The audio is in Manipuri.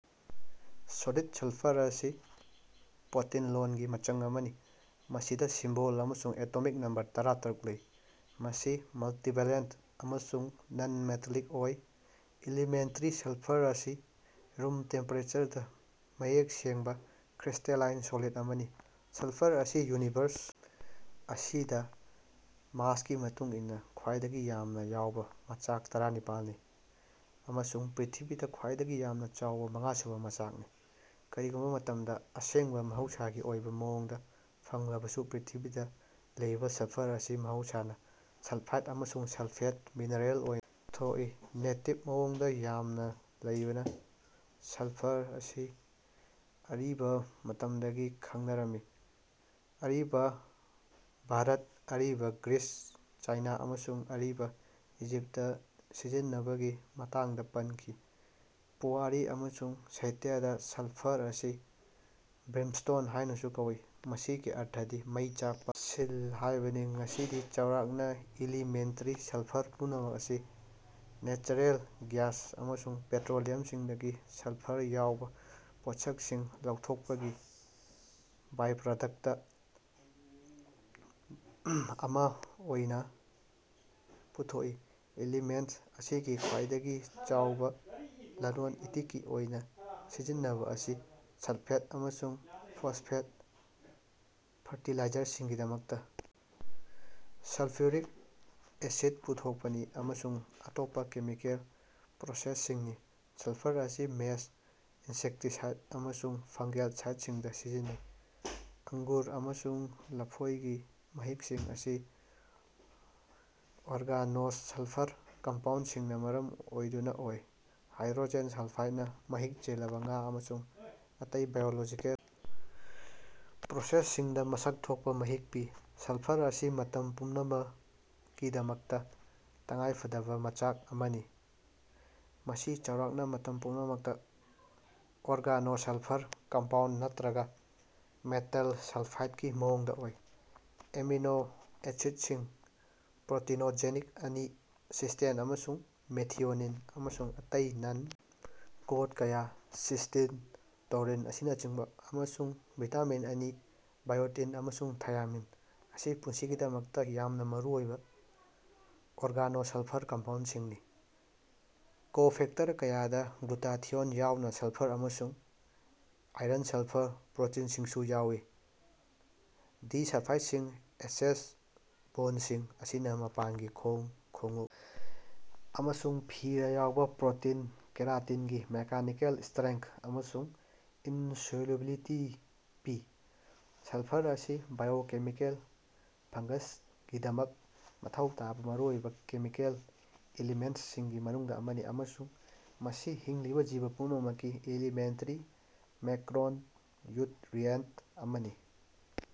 ꯁꯣꯂꯤꯗ ꯁꯜꯐꯔ ꯑꯁꯤ ꯄꯣꯠꯇꯤꯟꯂꯣꯟꯒꯤ ꯃꯆꯪ ꯑꯃꯅꯤ꯫ ꯃꯁꯤꯗ ꯁꯤꯝꯕꯣꯜ ꯑꯃꯁꯨꯡ ꯑꯦꯇꯣꯃꯤꯛ ꯅꯝꯕꯔ ꯇꯔꯥ ꯇꯔꯨꯛ ꯂꯩ꯫ ꯃꯁꯤ ꯃꯜꯇꯤꯚꯦꯂꯦꯟꯇ ꯑꯃꯁꯨꯡ ꯅꯟ ꯃꯦꯇꯥꯂꯤꯛ ꯑꯣꯏ꯫ ꯏꯂꯤꯃꯦꯟꯇꯔꯤ ꯁꯜꯐꯔ ꯑꯁꯤ ꯔꯨꯝ ꯇꯦꯝꯄꯦꯔꯦꯆꯔꯗ ꯃꯌꯦꯛ ꯁꯦꯡꯕ ꯀ꯭ꯔꯤꯁꯇꯦꯂꯥꯏꯟ ꯁꯣꯂꯤꯗ ꯑꯃꯅꯤ꯫ ꯁꯜꯐꯔ ꯑꯁꯤ ꯌꯨꯅꯤꯚꯔꯁ ꯑꯁꯤꯗ ꯃꯥꯁꯀꯤ ꯃꯇꯨꯡ ꯏꯟꯅ ꯈ꯭ꯋꯥꯏꯗꯒꯤ ꯌꯥꯝꯅ ꯌꯥꯎꯕ ꯃꯆꯥꯛ ꯇꯔꯥꯅꯤꯄꯥꯜꯅꯤ ꯑꯃꯁꯨꯡ ꯄ꯭ꯔꯤꯊꯤꯕꯤꯗ ꯈ꯭ꯋꯥꯏꯗꯒꯤ ꯌꯥꯝꯅ ꯌꯥꯎꯕ ꯃꯉꯥꯁꯨꯕ ꯃꯆꯥꯛꯅꯤ꯫ ꯀꯔꯤꯒꯨꯝꯕ ꯃꯇꯝꯗ ꯑꯁꯦꯡꯕ ꯃꯍꯧꯁꯥꯒꯤ ꯑꯣꯏꯕ ꯃꯑꯣꯡꯗꯥ ꯐꯪꯂꯕꯁꯨ ꯄ꯭ꯔꯤꯊꯤꯕꯤꯗ ꯂꯩꯕ ꯁꯜꯐꯔ ꯑꯁꯤ ꯃꯍꯧꯁꯥꯅ ꯁꯜꯐꯥꯏꯗ ꯑꯃꯁꯨꯡ ꯁꯜꯐꯦꯠ ꯃꯤꯅꯔꯦꯜ ꯑꯣꯏꯅ ꯊꯣꯛꯏ꯫ ꯅꯦꯇꯤꯕ ꯃꯑꯣꯡꯗ ꯌꯥꯝꯅ ꯂꯩꯕꯅ ꯁꯜꯐꯔ ꯑꯁꯤ ꯑꯔꯤꯕ ꯃꯇꯝꯗꯒꯤ ꯈꯪꯅꯔꯝꯃꯤ꯫ ꯑꯔꯤꯕ ꯚꯥꯔꯠ, ꯑꯔꯤꯕ ꯒ꯭ꯔꯤꯁ, ꯆꯥꯏꯅ ꯑꯃꯁꯨꯡ ꯑꯔꯤꯕ ꯏꯖꯤꯞꯇ ꯁꯤꯖꯤꯟꯅꯕꯒꯤ ꯃꯇꯥꯡꯗ ꯄꯟꯈꯤ꯫ ꯄꯨꯋꯥꯔꯤ ꯑꯃꯁꯨꯡ ꯁꯥꯍꯤꯇ꯭ꯌꯗ ꯁꯜꯐꯔ ꯑꯁꯤ ꯕ꯭ꯔꯤꯝꯁ꯭ꯇꯣꯟ ꯍꯥꯏꯅꯁꯨ ꯀꯧꯏ꯫ ꯃꯁꯤꯒꯤ ꯑꯔꯊꯗꯤ "ꯃꯩ ꯆꯥꯛꯄ ꯁꯤꯜ" ꯍꯥꯏꯕꯅꯤ꯫ ꯉꯁꯤꯗꯤ ꯆꯥꯎꯔꯥꯛꯅ ꯏꯂꯤꯃꯦꯟꯇꯔꯤ ꯁꯜꯐꯔ ꯄꯨꯝꯅꯃꯛ ꯑꯁꯤ ꯅꯦꯆꯔꯦꯜ ꯒ꯭ꯌꯥꯁ ꯑꯃꯁꯨꯡ ꯄꯦꯇ꯭ꯔꯣꯂꯤꯌꯝꯗꯒꯤ ꯁꯜꯐꯔ ꯌꯥꯎꯕ ꯄꯣꯠꯁꯛꯁꯤꯡ ꯂꯧꯊꯣꯛꯄꯒꯤ ꯕꯥꯏꯄ꯭ꯔꯗꯛꯠ ꯑꯃ ꯑꯣꯏꯅ ꯄꯨꯊꯣꯛꯏ꯫ ꯏꯂꯤꯃꯦꯟꯇ ꯑꯁꯤꯒꯤ ꯈ꯭ꯋꯥꯏꯗꯒꯤ ꯆꯥꯎꯕ ꯂꯂꯣꯟ ꯏꯇꯤꯛꯀꯤ ꯑꯣꯏꯅ ꯁꯤꯖꯤꯟꯅꯕ ꯑꯁꯤ ꯁꯜꯐꯦꯠ ꯑꯃꯁꯨꯡ ꯐꯣꯁꯐꯦꯠ ꯐꯔꯇꯤꯂꯥꯏꯖꯔꯁꯤꯡꯒꯤꯗꯃꯛꯇ ꯁꯜꯐ꯭ꯌꯨꯔꯤꯛ ꯑꯦꯁꯤꯗ ꯄꯨꯊꯣꯛꯄꯅꯤ ꯑꯃꯁꯨꯡ ꯑꯇꯣꯞꯄ ꯀꯦꯃꯤꯀꯦꯜ ꯄ꯭ꯔꯣꯁꯦꯁꯁꯤꯡꯅꯤ꯫ ꯁꯜꯐꯔ ꯑꯁꯤ ꯃꯦꯆ, ꯏꯟꯁꯦꯛꯇꯤꯁꯥꯏꯗ ꯑꯃꯁꯨꯡ ꯐꯪꯒꯦꯜ ꯁꯥꯏꯗꯁꯤꯡꯗ ꯁꯤꯖꯤꯟꯅꯩ꯫ ꯑꯡꯒꯨꯔ ꯑꯃꯁꯨꯡ ꯂꯐꯣꯏꯒꯤ ꯃꯍꯤꯛꯁꯤꯡ ꯑꯁꯤ ꯑꯣꯔꯒꯥꯅꯣꯁꯜꯐꯔ ꯀꯝꯄꯥꯎꯟꯗꯁꯤꯡꯅ ꯃꯔꯝ ꯑꯣꯏꯗꯨꯅ ꯑꯣꯏ꯫ ꯍꯥꯏꯗ꯭ꯔꯣꯖꯦꯟ ꯁꯜꯐꯥꯏꯗꯅ ꯃꯍꯤꯛ ꯆꯦꯜꯂꯕ ꯉꯥ ꯑꯃꯁꯨꯡ ꯑꯇꯩ ꯕꯥꯏꯑꯣꯂꯣꯖꯤꯀꯦꯜ ꯄ꯭ꯔꯣꯁꯦꯁꯁꯤꯡꯗ ꯃꯁꯛ ꯊꯣꯛꯄ ꯃꯍꯤꯛ ꯄꯤ꯫ ꯁꯜꯐꯔ ꯑꯁꯤ ꯃꯇꯝ ꯄꯨꯝꯅꯃꯛꯀꯤꯗꯃꯛꯇ ꯇꯉꯥꯏꯐꯗꯕ ꯃꯆꯥꯛ ꯑꯃꯅꯤ꯫ ꯃꯁꯤ ꯆꯥꯎꯔꯥꯛꯅ ꯃꯇꯝ ꯄꯨꯝꯅꯃꯛꯇ ꯑꯣꯔꯒꯥꯅꯣꯁꯜꯐꯔ ꯀꯝꯄꯥꯎꯟꯗ ꯅꯠꯇ꯭ꯔꯒ ꯃꯦꯇꯜ ꯁꯜꯐꯥꯏꯗꯀꯤ ꯃꯑꯣꯡꯗ ꯑꯣꯏ꯫ ꯑꯦꯃꯤꯅꯣ ꯑꯦꯁꯤꯗꯁꯤꯡ (ꯄ꯭ꯔꯣꯇꯤꯅꯣꯖꯦꯅꯤꯛ ꯑꯅꯤ: ꯁꯤꯁ꯭ꯇꯦꯟ ꯑꯃꯁꯨꯡ ꯃꯦꯊꯤꯑꯣꯅꯤꯟ, ꯑꯃꯁꯨꯡ ꯑꯇꯩ ꯅꯟ ꯀꯣꯗ ꯀꯌꯥ: ꯁꯤꯁ꯭ꯇꯤꯟ, ꯇꯧꯔꯤꯟ ꯑꯁꯤꯅꯆꯤꯡꯕ) ꯑꯃꯁꯨꯡ ꯚꯤꯇꯥꯃꯤꯟ ꯑꯅꯤ (ꯕꯥꯏꯑꯣꯇꯤꯟ ꯑꯃꯁꯨꯡ ꯊꯥꯏꯌꯥꯃꯤꯟ) ꯑꯁꯤ ꯄꯨꯟꯁꯤꯒꯤꯗꯃꯛꯇ ꯌꯥꯝꯅ ꯃꯔꯨꯑꯣꯏꯕ ꯑꯣꯔꯒꯥꯅꯣꯁꯜꯐꯔ ꯀꯝꯄꯥꯎꯟꯗꯁꯤꯡꯅꯤ꯫ ꯀꯣꯐꯦꯛꯇꯔ ꯀꯌꯥꯗ ꯒ꯭ꯂꯨꯇꯥꯊꯤꯑꯣꯟ ꯌꯥꯎꯅ ꯁꯜꯐꯔ ꯑꯃꯁꯨꯡ ꯑꯥꯏꯔꯟꯁꯜꯐꯔ ꯄ꯭ꯔꯣꯇꯤꯟꯁꯤꯡꯁꯨ ꯌꯥꯎꯏ꯫ ꯗꯤꯁꯜꯐꯥꯏꯗꯁꯤꯡ, ꯑꯦꯁꯑꯦꯁ ꯕꯣꯟꯗꯁꯤꯡ ꯑꯁꯤꯅ ꯃꯄꯥꯟꯒꯤ ꯈꯣꯡ, ꯈꯣꯡꯎꯞ ꯑꯃꯁꯨꯡ ꯐꯤꯗꯥ ꯌꯥꯎꯕ ꯄ꯭ꯔꯣꯇꯤꯟ ꯀꯦꯔꯥꯇꯤꯟꯒꯤ ꯃꯦꯀꯥꯅꯤꯀꯦꯜ ꯁꯇ꯭ꯔꯦꯡꯊ ꯑꯃꯁꯨꯡ ꯏꯟꯁꯣꯜꯌꯨꯕꯤꯂꯤꯇꯤ ꯄꯤ꯫ ꯁꯜꯐꯔ ꯑꯁꯤ ꯕꯥꯏꯑꯣꯀꯦꯃꯤꯀꯦꯜ ꯐꯪꯒꯁꯒꯤꯗꯃꯛꯇ ꯃꯊꯧ ꯇꯥꯕ ꯃꯔꯨꯑꯣꯏꯕ ꯀꯦꯃꯤꯀꯦꯜ ꯏꯂꯤꯃꯦꯟꯇꯁꯤꯡꯒꯤ ꯃꯅꯨꯡꯗ ꯑꯃꯅꯤ ꯑꯃꯁꯨꯡ ꯃꯁꯤ ꯍꯤꯡꯂꯤꯕ ꯖꯤꯕ ꯄꯨꯝꯅꯃꯛꯀꯤ ꯏꯂꯤꯃꯦꯟꯇꯔꯤ ꯃꯦꯛꯔꯣꯟꯌꯨꯠꯔꯤꯑꯦꯟꯇ ꯑꯃꯅꯤ꯫